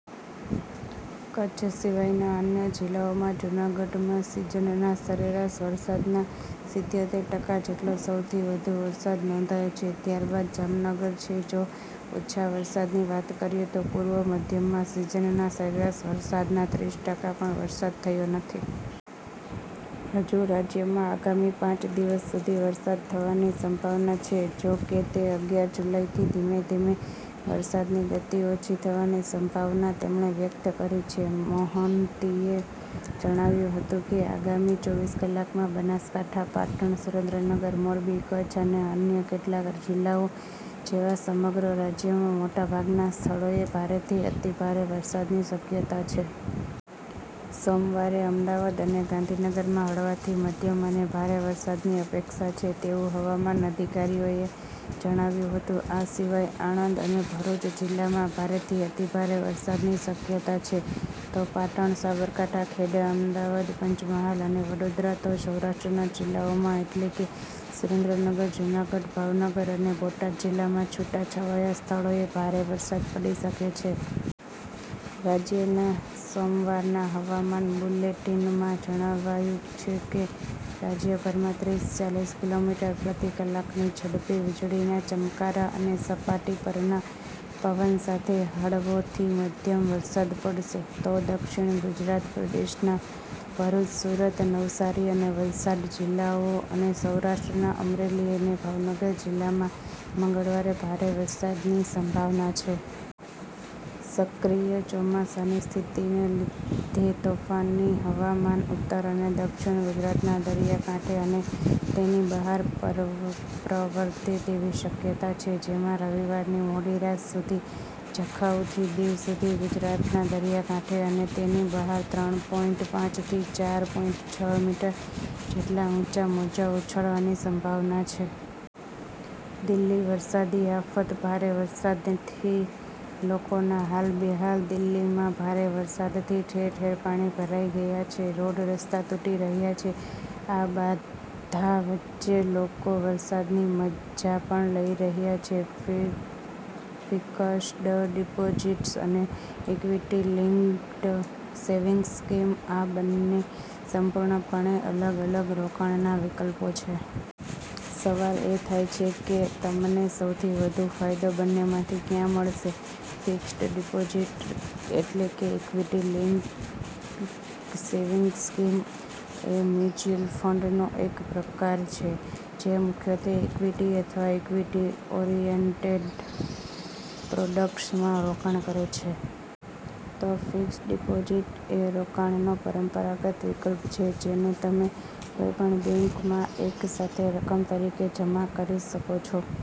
કચ્છ સિવાયના અન્ય જિલ્લાઓમાં, જૂનાગઢમાં સિઝનના સરેરાશ વરસાદના સિત્યોતેર ટકા જેટલો સૌથી વધુ વરસાદ નોંધાયો છે, ત્યારબાદ જામનગર છે. જો ઓછા વરસાદની વાત કરીએ તો, પૂર્વ મધ્યમાં સિઝનના સરેરાશ વરસાદના ત્રીસ ટકા પણ વરસાદ થયો નથી. હજુ રાજ્યમાં આગામી પાંચ દિવસ સુધી વરસાદ થવાની સંભાવના છે. જો કે, તે અગિયાર જુલાઈથી ધીમે ધીમે વરસાદની ગતી ઓછી થવાની સંભાવના તેમણે વ્યક્ત કરી છે. મોહંતીએ જણાવ્યું હતું કે, "આગામી ચોવીસ કલાકમાં, બનાસકાંઠા, પાટણ, સુરેન્દ્રનગર, મોરબી, કચ્છ અને અન્ય કેટલાક જિલ્લાઓ જેવા સમગ્ર રાજ્યમાં મોટાભાગના સ્થળોએ ભારેથી અતિભારે વરસાદની શક્યતા છે. " "સોમવારે અમદાવાદ અને ગાંધીનગરમાં હળવાથી મધ્યમ અને ભારે વરસાદની અપેક્ષા છે." તેવું હવામાન અધિકારીઓએ જણાવ્યું હતું. આ સિવાય "આણંદ અને ભરૂચ જિલ્લામાં ભારેથી અતિભારે વરસાદની શક્યતા છે. તો પાટણ, સાબરકાંઠા, ખેડા, અમદાવાદ, પંચમહાલ અને વડોદરા, તો સૌરાષ્ટ્રના જિલ્લાઓમાં, એટલે કે સુરેન્દ્રનગર, જૂનાગઢ, ભાવનગર અને બોટાદ જિલ્લામાં છૂટાછવાયા સ્થળોએ ભારે વરસાદ પડી શકે છે. રાજ્યના સોમવારના હવામાન બુલેટિનમાં જણાવાયું છે કે, રાજ્યભરમાં ત્રીસ-ચાલીસ કિલોમીટર પ્રતિ કલાકની ઝડપે વીજળીના ચમકારા અને સપાટી પરના પવન સાથે હળવોથી મધ્યમ વરસાદ પડશે. તો દક્ષિણ ગુજરાત પ્રદેશના ભરૂચ, સુરત, નવસારી અને વલસાડ જિલ્લાઓ અને સૌરાષ્ટ્રના અમરેલી અને ભાવનગર જિલ્લામાં મંગળવારે ભારે વરસાદની સંભાવના છે. સક્રિય ચોમાસાની સ્થિતિને લીધે, તોફાની હવામાન ઉત્તર અને દક્ષિણ ગુજરાતના દરિયાકાંઠે અને તેની બહાર પ્રવર્તે તેવી શક્યતા છે, જેમાં રવિવારની મોડી રાત સુધી જખાઉથી દીવ સુધી ગુજરાતના દરિયાકાંઠે અને તેની બહાર ત્રણ પોઈંટ પાંચ થી ચાર પોઈંટ છ મીટર જેટલા ઊંચા મોજાં ઉછળવાની સંભાવના છે. દિલ્હી વરસાદી આફત: ભારે વરસાદથી લોકોના હાલ બેહાલ? દિલ્હીમાં ભારે વરસાદથી ઠેર ઠેર પાણી ભરાઈ ગયા છે, રોડ રસ્તા તૂટી રહ્યા છે. આ બાધા વચ્ચે લોકો વરસાદની મજા પણ લઈ રહ્યા છે. ફિક્સ્ડ ડિપોઝિટ્સ અને ઇક્વિટી લિંક્ડ સેવિંગ્સ સ્કીમ – આ બંને સંપૂર્ણપણે અલગ અલગ રોકાણના વિકલ્પો છે. સવાલ એ થાય છે કે તમને સૌથી વધુ ફાયદો બંનેમાંથી ક્યાં મળશે. ફિક્સ્ડ ડિપોઝિટ એટલે કે ઇક્વિટી લિંક્ડ સેવિંગ્સ સ્કીમ એ મ્યુચ્યુઅલ ફંડનો એક પ્રકાર છે, જે મુખ્યત્વે ઇક્વિટી અથવા ઇક્વિટી ઓરિએન્ટેડ પ્રોડક્ટ્સમાં રોકાણ કરે છે. તો ફિક્સ્ડ ડિપોઝિટ એ રોકાણનો પરંપરાગત વિકલ્પ છે, જેને તમે કોઈપણ બેંકમાં એક સાથે રકમ તરીકે જમા કરી શકો છો.